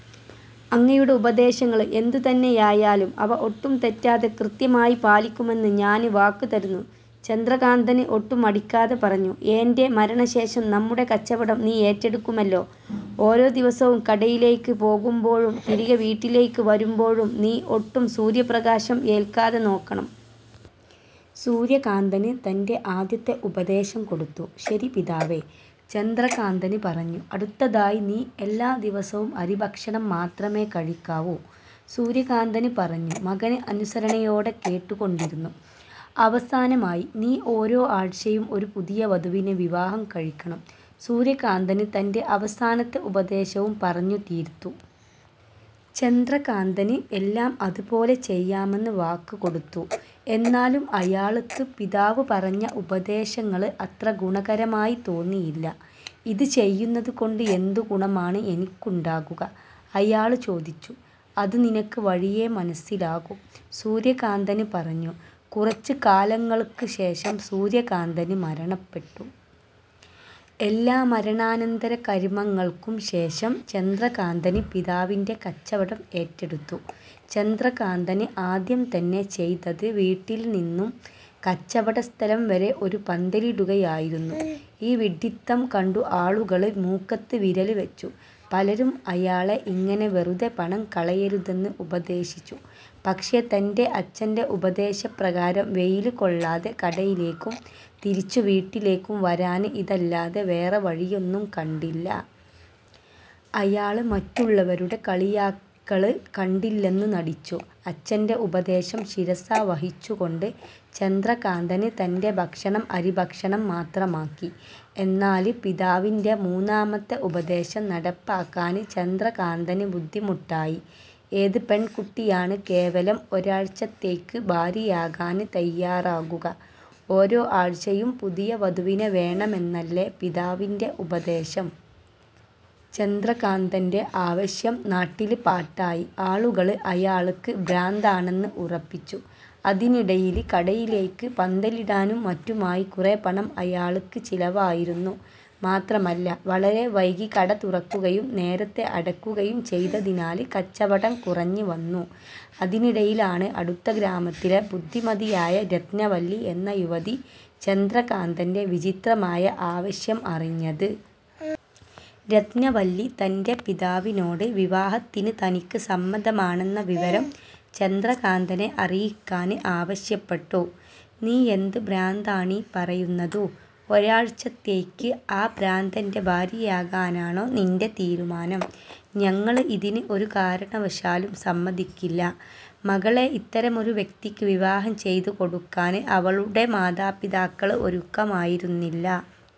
അങ്ങയുടെ ഉപദേശങ്ങള് എന്തു തന്നെയായാലും അവ ഒട്ടും തെറ്റാതെ കൃത്യമായി പാലിക്കുമെന്ന് ഞാന് വാക്ക് തരുന്നു. " ചന്ദ്രകാന്തന് ഒട്ടും മടിക്കാതെ പറഞ്ഞു. "ഏന്റെ മരണശേഷം നമ്മുടെ കച്ചവടം നീ ഏറ്റെടുക്കുമല്ലോ? ഓരോ ദിവസവും കടയിലേയ്ക്ക് പോകുമ്പോഴും, തിരികെ വീട്ടിലേയ്ക്ക് വരുമ്പോഴും നീ ഒട്ടും സൂര്യപ്രകാശം എല്ക്കാതെ നോക്കണം". സൂര്യകാന്തന് തന്റെ ആദ്യത്തെ ഉപദേശം കൊടുത്തു. "ശരി പിതാവേ". ചന്ദ്രകാന്തന് പറഞ്ഞു. "അടുത്തതായി നീ എല്ലാ ദിവസവും അരി ഭക്ഷണം മാത്രമേ കഴിക്കാവൂ" സൂര്യകാന്തന് പറഞ്ഞു. മകന് അനുസരണയോടെ കേട്ടുകൊണ്ടിരുന്നു. "അവസാനമായി, നീ ഓരോ ആഴ്ചയും ഒരു പുതിയ വധുവിനെ വിവാഹം കഴിക്കണം" സൂര്യകാന്തന് തന്റെ അവസാനത്തെ ഉപദേശവും പറഞ്ഞു തീര്ത്തു. ചന്ദ്രകാന്തന് എല്ലാം അത് പോലെ ചെയ്യാമെന്ന് വാക്ക് കൊടുത്തു. എന്നാലും അയാള്ക്ക് പിതാവ് പറഞ്ഞ ഉപദേശങ്ങള് അത്ര ഗുണകരമായി തോന്നിയില്ല. "ഇത് ചെയ്യുന്നത് കൊണ്ട് എന്തു ഗുണമാണ് എനിക്കുണ്ടാകുക? " അയാള് ചോദിച്ചു "അത് നിനക്ക് വഴിയേ മനസ്സിലാകും" സൂര്യകാന്തന് പറഞ്ഞു. കുറച്ചു കാലങ്ങള്ക്ക് ശേഷം സൂര്യകാന്തന് മരണപ്പെട്ടു. എല്ലാ മരണാനന്തര കര്മ്മങ്ങൾക്കും ശേഷം ചന്ദ്രകാന്തന് പിതാവിന്റെ കച്ചവടം ഏറ്റെടുത്തു. ചന്ദ്രകാന്തന് ആദ്യം തന്നെ ചെയ്തത് വീട്ടില് നിന്നും കച്ചവടസ്ഥലം വരെ ഒരു പന്തലിടുകയായിരുന്നു. ഈ വിഡ്ഡിത്തം കണ്ടു ആളുകള് മൂക്കത്ത് വിരല് വെച്ചു. പലരും അയാളെ ഇങ്ങനെ വെറുതെ പണം കളയരുതെന്ന് ഉപദേശിച്ചു. പക്ഷേ തന്റെ അച്ചന്റെ ഉപദേശപ്രകാരം വെയില് കൊള്ളാതെ കടയിലേക്കും തിരിച്ചു വീട്ടിലേക്കും വരാന് ഇതല്ലാതെ വേറെ വഴിയൊന്നും കണ്ടില്ല. അയാള് മറ്റുള്ളവരുടെ കളിയാക്കള് കണ്ടില്ലെന്നു നടിച്ചു. അച്ചന്റെ ഉപദേശം ശിരസാ വഹിച്ചു കൊണ്ട് ചന്ദ്രകാന്തന് തന്റെ ഭക്ഷണം അരിഭക്ഷണം മാത്രമാക്കി. എന്നാല് പിതാവിന്റെ മൂന്നാമത്തെ ഉപദേശം നടപ്പാക്കാന് ചന്ദ്രകാന്തന് ബുദ്ധിമുട്ടായി. ഏത് പെണ്കുട്ടിയാണ് കേവലം ഒരാഴ്ചത്തേയ്ക്ക് ഭാര്യയാകാന് തയ്യാറാകുക? ഓരോ ആഴ്ചയും പുതിയ വധുവിനെ വേണമെന്നല്ലേ പിതാവിന്റെ ഉപദേശം? ചന്ദ്രകാന്തന്റെ ആവശ്യം നാട്ടില് പാട്ടായി. ആളുകള് അയാള്ക്ക് ഭ്രാന്താണെന്ന് ഉറപ്പിച്ചു. അതിനിടയില് കടയിലേയ്ക്ക് പന്തലിടാനും മറ്റുമായി കുറെ പണം അയാള്ക്ക് ചിലവായിരുന്നു. മാത്രമല്ല, വളരെ വൈകി കട തുറക്കുകയും നേരത്തെ അടക്കുകയും ചെയ്തതിനാല് കച്ചവടം കുറഞ്ഞ് വന്നു. അതിനിടയിലാണ് അടുത്ത ഗ്രാമത്തിലെ ബുദ്ധിമതിയായ രത്നവല്ലി എന്ന യുവതി ചന്ദ്രകാന്തന്റെ വിചിത്രമായ ആവശ്യം അറിഞ്ഞത്. രത്നവല്ലി തന്റെ പിതാവിനോട് വിവാഹത്തിന് തനിക്ക് സമ്മതമാണെന്ന വിവരം ചന്ദ്രകാന്തനെ അറിയിക്കാന് ആവശ്യപ്പെട്ടു. "നീ എന്ത് ഭ്രാന്താണീ പറയുന്നതു. ഒരാഴ്ചത്തേയ്ക്ക് ആ ഭ്രാന്തന്റെ ഭാര്യയാകാനാണോ നിന്റെ തീരുമാനം? ഞങ്ങള് ഇതിന് ഒരു കാരണവശാലും സമ്മതിക്കില്ല. " മകളെ ഇത്തരമൊരു വ്യക്തിക്ക് വിവാഹം ചെയ്തു കൊടുക്കാന് അവളുടെ മാതാപിതാക്കള് ഒരുക്കമായിരുന്നില്ല.